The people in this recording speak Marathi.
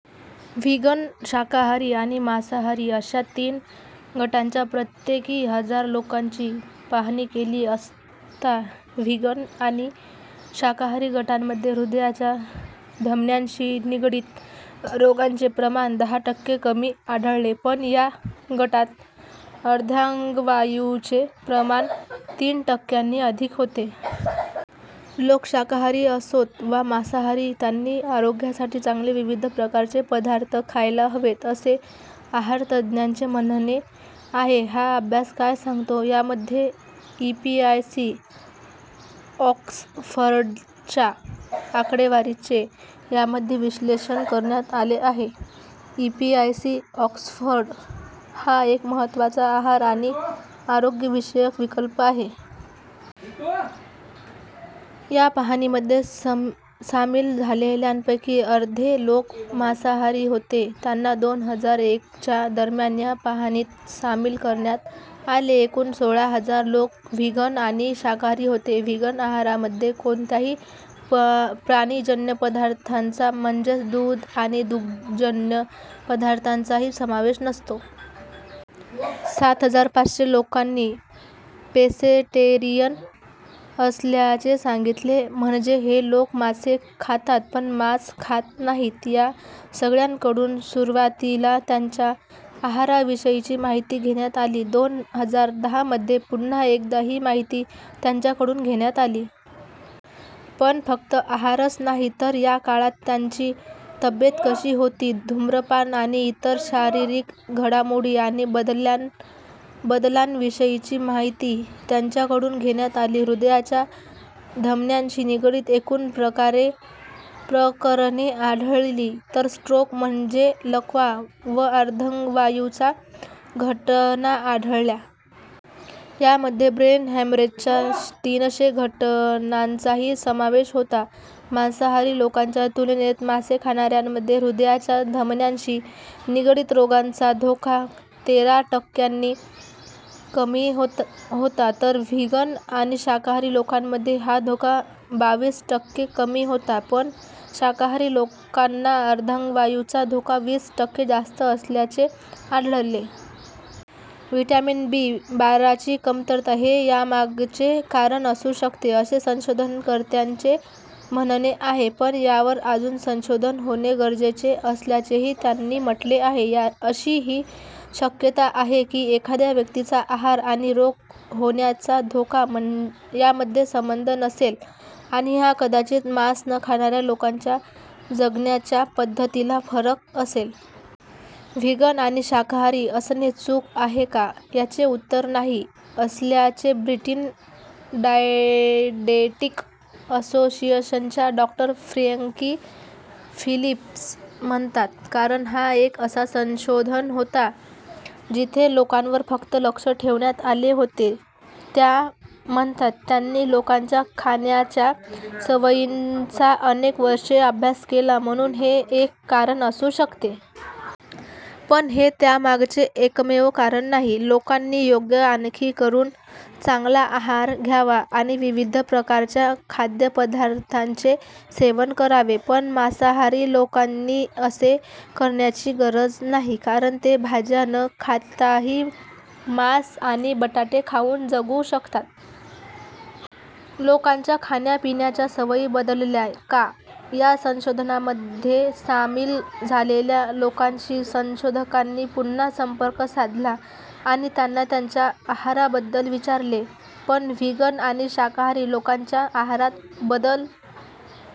व्हिगन, शाकाहारी आणि मांसाहारी अशा तीन गटांच्या प्रत्येकी हजार लोकांची पाहणी केली असता व्हिगन आणि शाकाहारी गटांमध्ये हृदयाच्या धमन्यांशी निगडित रोगांचे प्रमाण दहा टक्के कमी आढळले. पण या गटात अर्धांगवायूचे प्रमाण तीन टक्क्यांनी अधिक होते. लोक शाकाहारी असोत वा मांसाहारी त्यांनी आरोग्यासाठी चांगले विविध प्रकारचे पदार्थ खायला हवेत असे आहारतज्ज्ञांचे म्हणणे आहे. हा अभ्यास काय सांगतो? यामध्ये ईपीआयसी-ऑक्सफर्डच्या आकडेवारीचे यामध्ये विश्लेषण करण्यात आले आहे. ईपीआयसी-ऑक्सफर्ड हा एक महत्त्वाचा आहार आणि आरोग्यविषयक प्रकल्प आहे. या पाहणीमध्ये सामील झालेल्यांपैकी अर्धे लोक मांसाहारी होते. त्यांना दोन हजार एकच्या दरम्यान या पाहणीत सामील करण्यात आले. एकूण सोळा हजार लोक व्हिगन आणि शाकाहारी होते. व्हिगन आहारामध्ये कोणत्याही प्राणीजन्य पदार्थांचा म्हणजे दूध आणि दुग्धजन्य पदार्थांचाही समावेश नसतो. सात हजार पाचशे लोकांनी पेसेटेरियन असल्याचे सांगितले. म्हणजे हे लोक मासे खातात पण मांस खात नाहीत. या सगळ्यांकडून सुरवातीला त्यांच्या आहाराविषयीची माहिती घेण्यात आली. दोन हजार दहामध्ये पुन्हा एकदा ही माहिती त्यांच्याकडून घेण्यात आली. पण फक्त आहारच नाही तर या काळात त्यांची तब्येत कशी होती, धूम्रपान आणि इतर शारीरिक घडामोडी आणि बदलांविषयीची माहिती त्यांच्याकडून घेण्यात आली. हृदयाच्या धमन्याशी निगडित एकूण प्रकरणे आढळली. तर स्ट्रोक म्हणजे लकवा वा अर्धांगवायूच्या घटना आढळल्या. यामध्ये ब्रेन हॅमरेजच्या तीनशे घटनांचाही समावेश होता. मांसाहारी लोकांच्या तुलनेत मासे खाणाऱ्यांमध्ये हृदयाच्या धमन्यांशी निगडित रोगांचा धोका तेरा टक्क्यांनी कमी होता. तर व्हिगन आणि शाकाहारी लोकांमध्ये हा धोका बावीस टक्के कमी होता. पण शाकाहारी लोकांना अर्धांगवायूचा धोका वीस टक्के जास्त असल्याचे आढळले. व्हिटॅमिन बी-बाराची कमतरता हे यामागचे कारण असू शकते असे संशोधनकर्त्यांचे म्हणणे आहे. पण यावर अजून संशोधन होणे गरजेचे असल्याचेही त्यांनी म्हटले आहे. अशी ही शक्यता आहे कि एखाद्या व्यक्तीचा आहार आणि रोग होण्याचा धोका यामध्ये संबंध नसेल आणि हा कदाचित मांस न खाणाऱ्या लोकांच्या जगण्याच्या पद्धतींतला फरक असेल. व्हिगन आणि शाकाहारी असणे चूक आहे का? याचे उत्तर 'नाही' असल्याचे ब्रिटिश डाएटेटिक असोसिएशनच्या डॉ. फ्रँकी फिलिप्स म्हणतात. कारण हा एक असा संशोधन होता जिथे लोकांवर फक्त लक्ष ठेवण्यात आले होते. त्या म्हणतात, "त्यांनी लोकांच्या खाण्याच्या सवयींचा अनेक वर्षे अभ्यास केला म्हणून हे एक कारण असू शकते. पण हे त्यामागचे एकमेव कारण नाही." "लोकांनी योग्य आखणी करून चांगला आहार घ्यावा आणि विविध प्रकारच्या खाद्यपदार्थांचे सेवन करावे. पण मांसाहारी लोकांनी असे करण्याची गरज नाही. कारण ते भाज्या न खाताही मांस आणि बटाटे खाऊन जगू शकतात." लोकांच्या खाण्यापिण्याच्या सवयी बदलल्या का? या संशोधनामध्ये सामील झालेल्या लोकांशी संशोधकांनी पुन्हा संपर्क साधला आणि त्यांना त्यांच्या आहाराबद्दल विचारले. पण व्हिगन आणि शाकाहारी लोकांच्या आहारात बदल